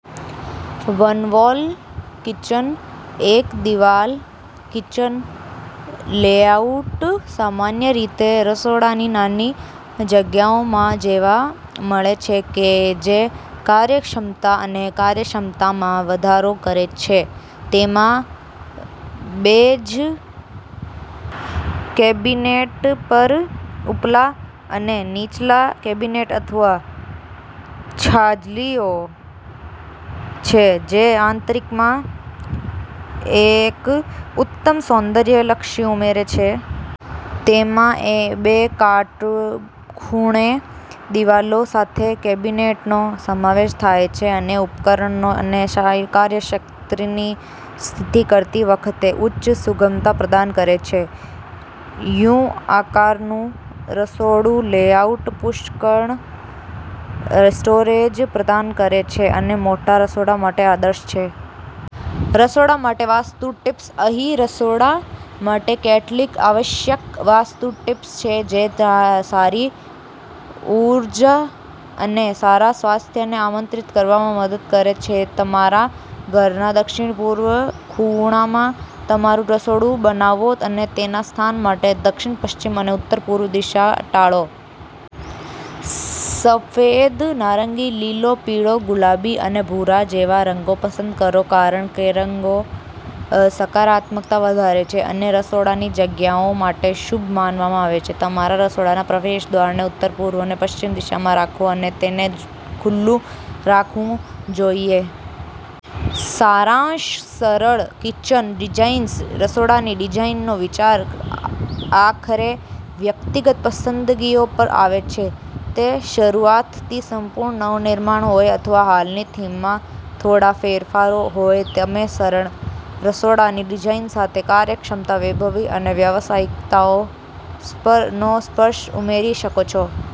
One-wall kitchen એક-દિવાલ kitchen layout સામાન્ય રીતે રસોડાની નાની જગ્યાઓમાં જોવા મળે છે જે કાર્યક્ષમતા અને કાર્યક્ષમતામાં વધારો કરે છે. તેમાં બેઝ કેબિનેટ પર ઉપલા અને નીચલા કેબિનેટ અથવા છાજલીઓ છે, જે આંતરિકમાં એક ઉત્તમ સૌંદર્યલક્ષી ઉમેરે છે. તેમાં બે કાટખૂણે દિવાલો સાથે કેબિનેટનો સમાવેશ થાય છે અને ઉપકરણો અને કાર્યક્ષેત્રની સ્થિતિ કરતી વખતે ઉચ્ચ સુગમતા પ્રદાન કરે છે. યુ-આકારનું રસોડુંલેઆઉટ પુષ્કળ સ્ટોરેજ પ્રદાન કરે છે અને મોટા રસોડા માટે આદર્શ છે. રસોડા માટે વાસ્તુ ટિપ્સ અહીં રસોડા માટે કેટલીક આવશ્યક વાસ્તુ ટિપ્સ છે જે સારી ઉર્જા અને સારા સ્વાસ્થ્યને આમંત્રિત કરવામાં મદદ કરે છેતમારા ઘરના દક્ષિણ-પૂર્વ ખૂણામાં તમારું રસોડું બનાવો અને તેના સ્થાન માટે દક્ષિણ-પશ્ચિમ અને ઉત્તર-પૂર્વ દિશા ટાળો. સફેદ, નારંગી, લીલો, પીળો, ગુલાબી અને ભૂરા જેવા રંગો પસંદ કરો કારણ કેરંગો સકારાત્મકતા વધારે છે અને રસોડાની જગ્યાઓ માટે શુભ માનવામાં આવે છે. તમારા રસોડાના પ્રવેશદ્વારને ઉત્તર, પૂર્વ અને પશ્ચિમ દિશામાં રાખો અને તેને ખુલ્લું રાખવું જોઈએ. સારાંશસરળ કિચન ડિઝાઇન્સ રસોડાની ડિઝાઇનનો વિચાર આખરે વ્યક્તિગત પસંદગીઓ પર આવે છે. તે શરૂઆતથી સંપૂર્ણ નવનિર્માણ હોય અથવા હાલની થીમમાં થોડા ફેરફારો હોય, તમેસરળ રસોડાની ડિઝાઇન સાથે કાર્યક્ષમતા, વૈભવી અને વ્યાવસાયિકતાનો સ્પર્શ ઉમેરી શકો છો.